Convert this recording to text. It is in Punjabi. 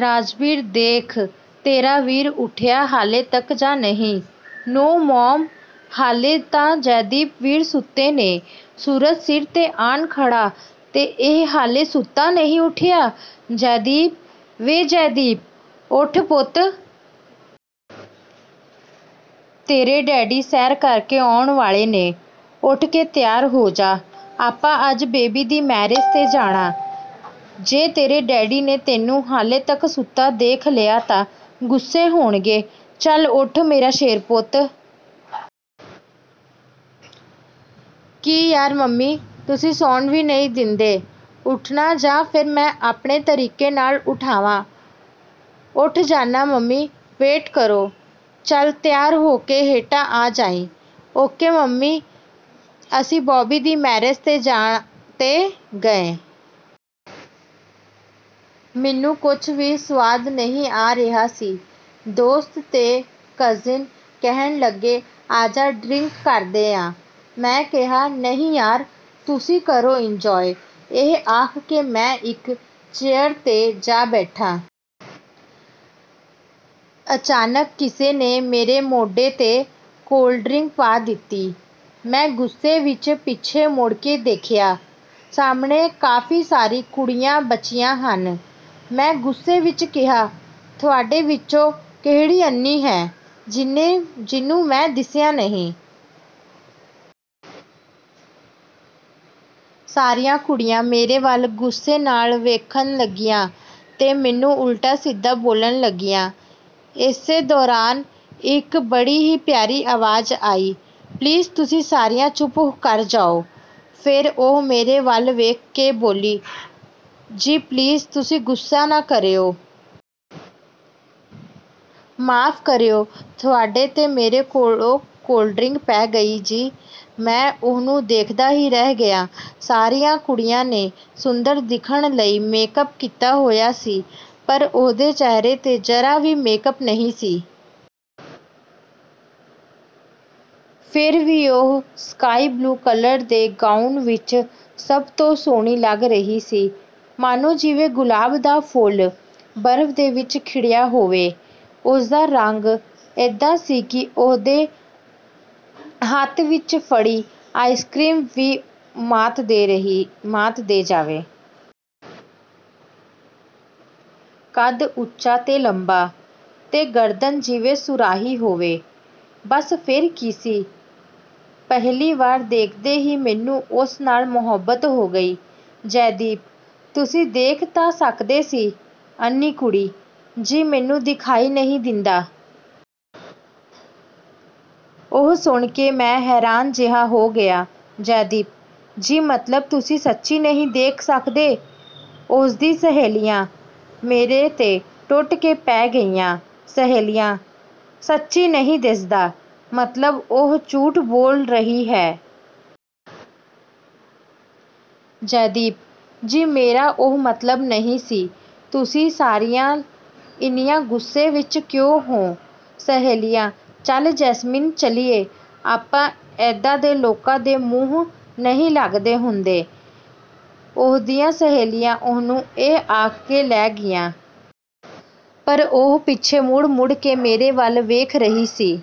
ਰਾਜਬੀਰ, ਦੇਖ ਤੇਰਾ ਵੀਰ ਉੱਠਿਆ ਹਾਲੇ ਤੱਕ ਜਾਂ ਨਹੀਂ? ਨੋ ਮੋਮ, ਹਾਲੇ ਤਾਂ ਜੈਦੀਪ ਵੀਰ ਸੁੱਤੇ ਨੇ। ਸੂਰਜ ਸਿਰ 'ਤੇ ਆਣ ਖੜਾ ਤੇ ਇਹ ਹਾਲੇ ਸੁੱਤਾ ਨਹੀਂ ਉੱਠਿਆ। ਜੈਦੀਪ! ਵੇ ਜੈਦੀਪ! ਉੱਠ ਪੁੱਤ। ਤੇਰੇ ਡੈਡੀ ਸੈਰ ਕਰਕੇ ਆਉਣ ਵਾਲੇ ਨੇ। ਉੱਠ ਕੇ ਤਿਆਰ ਹੋ ਜਾ। ਆਪਾਂ ਅੱਜ ਬੌਬੀ ਦੀ ਮੈਰਿਜ 'ਤੇ ਜਾਣਾ। ਜੇ ਤੇਰੇ ਡੈਡੀ ਨੇ ਤੈਨੂੰ ਹਾਲੇ ਤੱਕ ਸੁੱਤਾ ਦੇਖ ਲਿਆ ਤਾਂ ਗੁੱਸੇ ਹੋਣਗੇ। ਚੱਲ ਉੱਠ ਮੇਰਾ ਸ਼ੇਰ ਪੁੱਤ। ਕੀ ਯਾਰ ਮੰਮੀ, ਤੁਸੀਂ ਸੌਣ ਵੀ ਨਹੀਂ ਦਿੰਦੇ? ਉੱਠਣਾ ਜਾਂ ਫੇਰ ਮੈਂ ਆਪਣੇ ਤਰੀਕੇ ਨਾਲ ਉਠਾਵਾਂ? ਉੱਠ ਜਾਣਾ ਮੰਮੀ, ਵੇਟ ਕਰੋ। ਚੱਲ, ਤਿਆਰ ਹੋ ਕੇ ਹੇਠਾਂ ਆ ਜਾਈਂ। Okay mummy. ਅਸੀਂ ਬੌਬੀ ਦੀ ਮੈਰਿਜ 'ਤੇ ਗਏ। ਮੈਨੂੰ ਕੁਝ ਵੀ ਸੁਆਦ ਨਹੀਂ ਆ ਰਿਹਾ ਸੀ। ਦੋਸਤ ਤੇ ਕਜ਼ਨ ਕਹਿਣ ਲੱਗੇ, "ਆਜਾ ਡਰਿੰਕ ਕਰਦੇ ਆਂ।" ਮੈਂ ਕਿਹਾ, "ਨਹੀਂ ਯਾਰ, ਤੁਸੀਂ ਕਰੋ ਇੰਜੌਏ।" ਇਹ ਆਖ ਕੇ ਮੈਂ ਇੱਕ ਚੇਅਰ 'ਤੇ ਜਾ ਬੈਠਾ। ਅਚਾਨਕ ਕਿਸੇ ਨੇ ਮੇਰੇ ਮੋਢੇ 'ਤੇ ਕੋਲਡ ਡਰਿੰਕ ਪਾ ਦਿੱਤੀ। ਮੈਂ ਗੁੱਸੇ ਵਿੱਚ ਪਿੱਛੇ ਮੁੜ ਕੇ ਦੇਖਿਆ। ਸਾਹਮਣੇ ਕਾਫੀ ਸਾਰੀ ਕੁੜੀਆਂ ਬੱਚੀਆਂ ਸਨ। ਮੈਂ ਗੁੱਸੇ ਵਿੱਚ ਕਿਹਾ, "ਤੁਹਾਡੇ ਵਿੱਚੋਂ ਕਿਹੜੀ ਅੰਨ੍ਹੀ ਹੈ, ਜਿਹਨੂੰ ਮੈਂ ਦਿਸਿਆ ਨਹੀਂ?" ਸਾਰੀਆਂ ਕੁੜੀਆਂ ਮੇਰੇ ਵੱਲ ਗੁੱਸੇ ਨਾਲ ਦੇਖਣ ਲੱਗੀਆਂ ਤੇ ਮੈਨੂੰ ਉਲਟਾ-ਸਿੱਧਾ ਬੋਲਣ ਲੱਗੀਆਂ। ਇਸੇ ਦੌਰਾਨ ਇੱਕ ਬੜੀ ਹੀ ਪਿਆਰੀ ਆਵਾਜ਼ ਆਈ। "ਪਲੀਜ਼, ਤੁਸੀਂ ਸਾਰੀਆਂ ਚੁੱਪ ਕਰ ਜਾਓ।" ਫਿਰ ਉਹ ਮੇਰੇ ਵੱਲ ਵੇਖ ਕੇ ਬੋਲੀ, "ਜੀ, ਪਲੀਜ਼ ਤੁਸੀਂ ਗੁੱਸਾ ਨਾ ਕਰਿਓ। ਮਾਫ਼ ਕਰਿਓ। ਤੁਹਾਡੇ 'ਤੇ ਮੇਰੇ ਕੋਲੋਂ ਕੋਲਡ ਡਰਿੰਕ ਪੈ ਗਈ ਜੀ।" ਮੈਂ ਉਸਨੂੰ ਦੇਖਦਾ ਹੀ ਰਹਿ ਗਿਆ। ਸਾਰੀਆਂ ਕੁੜੀਆਂ ਨੇ ਸੁੰਦਰ ਦਿਖਣ ਲਈ ਮੇਕਅਪ ਕੀਤਾ ਹੋਇਆ ਸੀ। ਪਰ ਉਸਦੇ ਚਿਹਰੇ 'ਤੇ ਜਰਾ ਵੀ ਮੇਕਅਪ ਨਹੀਂ ਸੀ। ਫਿਰ ਵੀ ਉਹ ਸਕਾਈ ਬਲੂ ਕਲਰ ਦੇ ਗਾਊਨ ਵਿੱਚ ਸਭ ਤੋਂ ਸੋਹਣੀ ਲੱਗ ਰਹੀ ਸੀ। ਮਾਨੋ ਜਿਵੇਂ ਗੁਲਾਬ ਦਾ ਫੁੱਲ ਬਰਫ ਵਿੱਚ ਖਿੜਿਆ ਹੋਵੇ। ਉਸਦਾ ਰੰਗ ਏਦਾਂ ਸੀ ਕਿ ਉਹਦੇ ਹੱਥ ਵਿੱਚ ਫੜੀ ਆਈਸਕਰੀਮ ਨੂੰ ਵੀ ਮਾਤ ਦੇ ਜਾਵੇ। ਕੱਦ ਉੱਚਾ ਤੇ ਲੰਮਾ, ਤੇ ਗਰਦਨ ਜਿਵੇਂ ਸੁਰਾਹੀ ਹੋਵੇ। ਬਸ ਫਿਰ ਕੀ ਸੀ, ਪਹਿਲੀ ਵਾਰ ਦੇਖਦੇ ਹੀ ਮੈਨੂੰ ਉਸ ਨਾਲ ਮੁਹੱਬਤ ਹੋ ਗਈ। ਜੈਦੀਪ: ਤੁਸੀਂ ਦੇਖ ਤਾਂ ਸਕਦੇ ਸੀ। ਅੰਨ੍ਹੀ ਕੁੜੀ: ਜੀ, ਮੈਨੂੰ ਦਿਖਾਈ ਨਹੀਂ ਦਿੰਦਾ। ਇਹ ਸੁਣ ਕੇ ਮੈਂ ਹੈਰਾਨ ਜਿਹਾ ਹੋ ਗਿਆ। ਜੈਦੀਪ: ਜੀ, ਮਤਲਬ ਤੁਸੀਂ ਸੱਚੀ ਨਹੀਂ ਦੇਖ ਸਕਦੇ? ਉਸਦੀਆਂ ਸਹੇਲੀਆਂ ਮੇਰੇ 'ਤੇ ਟੁੱਟ ਕੇ ਪੈ ਗਈਆਂ। ਸਹੇਲੀਆਂ: ਸੱਚੀ ਨਹੀਂ ਦਿਸਦਾ। ਮਤਲਬ ਉਹ ਝੂਠ ਬੋਲ ਰਹੀ ਹੈ? ਜੈਦੀਪ: ਜੀ, ਮੇਰਾ ਉਹ ਮਤਲਬ ਨਹੀਂ ਸੀ। ਤੁਸੀਂ ਸਾਰੀਆਂ ਇੰਨੀਆਂ ਗੁੱਸੇ ਵਿੱਚ ਕਿਉਂ ਹੋ? ਸਹੇਲੀਆਂ: ਚੱਲ ਜੈਸਮੀਨ, ਚਲੀਏ। ਆਪਾਂ ਏਦਾਂ ਦੇ ਲੋਕਾਂ ਦੇ ਮੂੰਹ ਨਹੀਂ ਲੱਗਦੇ ਹੁੰਦੇ। ਉਸਦੀਆਂ ਸਹੇਲੀਆਂ ਉਸਨੂੰ ਇਹ ਆਖ ਕੇ ਲੈ ਗਈਆਂ। ਪਰ ਉਹ ਪਿੱਛੇ ਮੁੜ-ਮੁੜ ਕੇ ਮੇਰੇ ਵੱਲ ਦੇਖ ਰਹੀ ਸੀ।